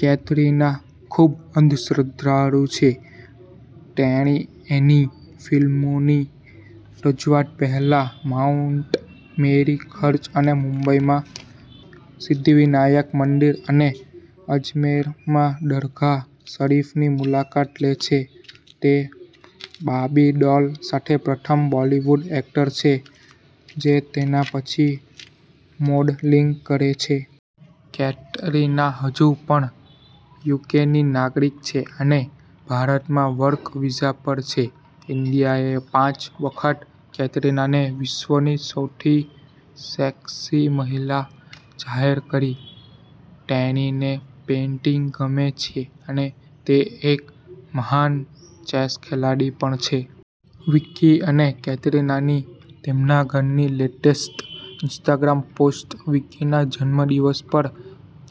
કેટરિના ખૂબઅંધશ્રદ્ધાળુ છે. તેણી તેની ફિલ્મોની રજૂઆત પહેલા માઉન્ટ મેરી ચર્ચ અને મુંબઈમાં સિદ્ધિવનાયક મંદિર અને અજમેરમાં દરગાહ શરીફની મુલાકાત લે છે. તે બાર્બી ડોલ સાથે પ્રથમ બોલિવૂડ એક્ટર છે જે તેના પછી મોડલિંગ કરે છે. કેટરિના હજુ પણ યુકેની નાગરિક છે અને ભારતમાં વર્ક વિઝા પર છે. ઈન્ડિયાએ પાંચ વખત કેટરિનાને "વિશ્વની સૌથી સેક્સી મહિલા" જાહેર કરી. તેણીને પેઇન્ટિંગ ગમે છે અને તે એક મહાન ચેસ ખેલાડી પણ છે. વિકી અને કેટરિનાની તેમના ઘરની લેટેસ્ટ ઇન્સ્ટાગ્રામ પોસ્ટ્સ વિકીના જન્મદિવસ પર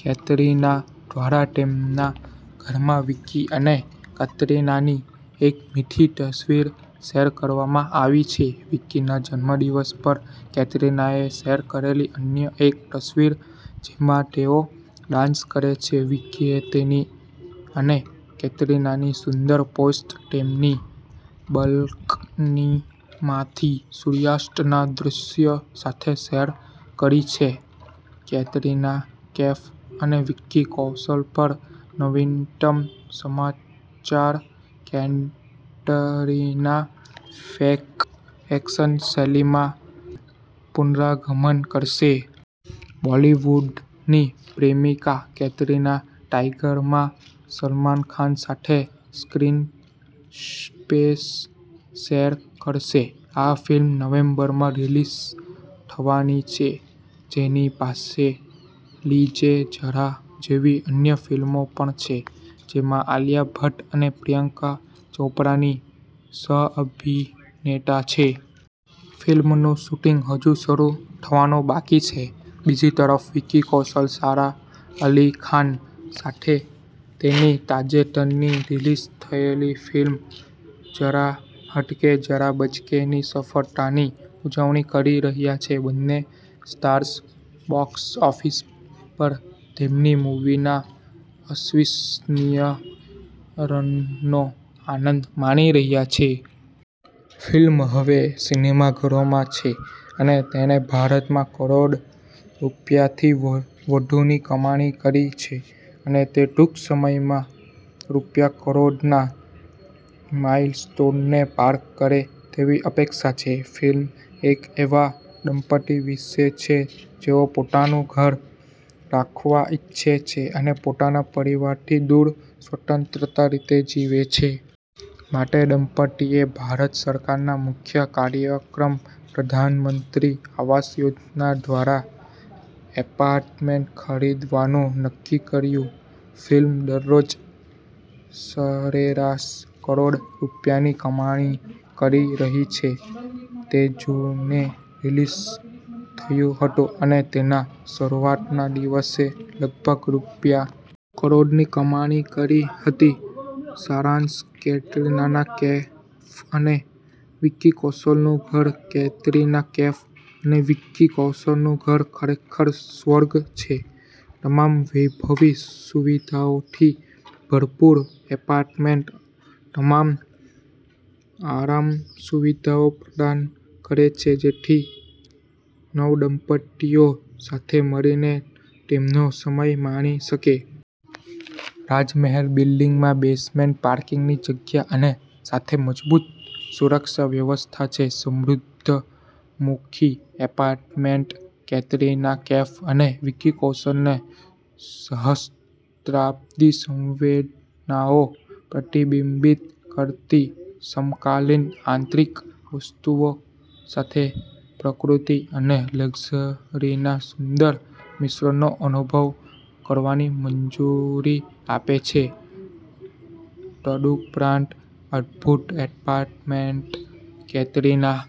કેટરિના દ્વારા તેમના ઘરમાં વિકી અને કેટરિનાની એક મીઠી તસવીર શેર કરવામાં આવી છે વિકીના જન્મદિવસ પર કેટરિનાએ શેર કરેલી અન્ય એક તસવીર જેમાં તેઓ ડાન્સ કરે છે વિકીએ તેની અને કેટરિનાનીસુંદર પોસ્ટ તેમની બાલ્કનીમાંથી સૂર્યાસ્તના દૃશ્ય સાથે શેર કરી છે કેટરિના કૈફ અને વિકી કૌશલ પર નવીનતમ સમાચાર કેટરિના કૈફ એક્શન શૈલીમાં પુનરાગમન કરશે. બોલિવૂડની પ્રેમિકા, કેટરિના, ટાઇગર માં સલમાન ખાન સાથે સ્ક્રીન સ્પેસ શેર કરશે. આ ફિલ્મ નવેમ્બરમાં રીલિઝ થવાની છે. તેની પાસે જી લે ઝરા જેવી અન્ય ફિલ્મો પણ છે, જેમાં આલિયા ભટ્ટ અને પ્રિયંકા ચોપરાની સહ-અભિનેતા છે. ફિલ્મનું શૂટિંગ હજુ શરૂ થવાનું બાકી છે. બીજી તરફ, વિકી કૌશલ સારા અલી ખાન સાથે તેની તાજેતરની રિલીઝ થયેલી ફિલ્મ "જરા હટકે જરા બચકે"ની સફળતાની ઉજવણી કરી રહ્યો છે. બંને સ્ટાર્સ બોક્સ ઓફિસ પર તેમની મૂવીના અવિશ્વસનીય રનનો આનંદ માણી રહ્યા છે. ફિલ્મ હવે સિનેમાઘરોમાં છે અને તેણે ભારતમાં કરોડ રૂપિયાથી વધુની કમાણી કરી છે. અને તે ટૂંક સમયમાં રૂ. કરોડના માઈલસ્ટોનને પાર કરે તેવી અપેક્ષા છે. ફિલ્મ એક એવા દંપતી વિશે છે જેઓ પોતાનું ઘર રાખવા ઈચ્છે છે અને પોતાના પરિવારથી દૂર સ્વતંત્ર રીતે જીવે છે. માટે, દંપતિએ ભારત સરકારના મુખ્ય કાર્યક્રમપ્રધાનમંત્રી આવાસ યોજના દ્વારા એપાર્ટમેન્ટ ખરીદવાનું નક્કી કર્યું. ફિલ્મ દરરોજ સરેરાશ કરોડ રૂપિયાની કમાણી કરી રહી છે. તે જૂને રિલીઝ થયું હતું અને તેના શરૂઆતના દિવસે લગભગ રૂ. કરોડની કમાણી કરી હતી. સારાંશકેટરિના કૈફ અને વિકી કૌશલનું ઘર કેટરીના કૈફ અને વિકી કૌશલનું ઘર ખરેખર સ્વર્ગ છે. તમામ વૈભવી સુવિધાઓથી ભરપૂર, એપાર્ટમેન્ટ તમામ આરામ સુવિધાઓ પ્રદાન કરે છે જેથી નવદંપતિઓ સાથે મળીને તેમનો સમય માણી શકે. રાજમહેલ બિલ્ડિંગમાં બેઝમેન્ટ પાર્કિંગની જગ્યા અને સાથે મજબૂત સુરક્ષા વ્યવસ્થા છે. સમુદ્ર-મુખી એપાર્ટમેન્ટ કેટરિના કૈફ અને વિકી કૌશલને સહસ્ત્રાબ્દી સંવેદનાઓને પ્રતિબિંબિત કરતી સમકાલીન આંતરિક વસ્તુઓ સાથે પ્રકૃતિ અને લક્ઝરીના સુંદર મિશ્રણનો અનુભવ કરવાની મંજૂરી આપે છે. તદુપરાંત, અદભૂત એપાર્ટમેન્ટ કેટરિના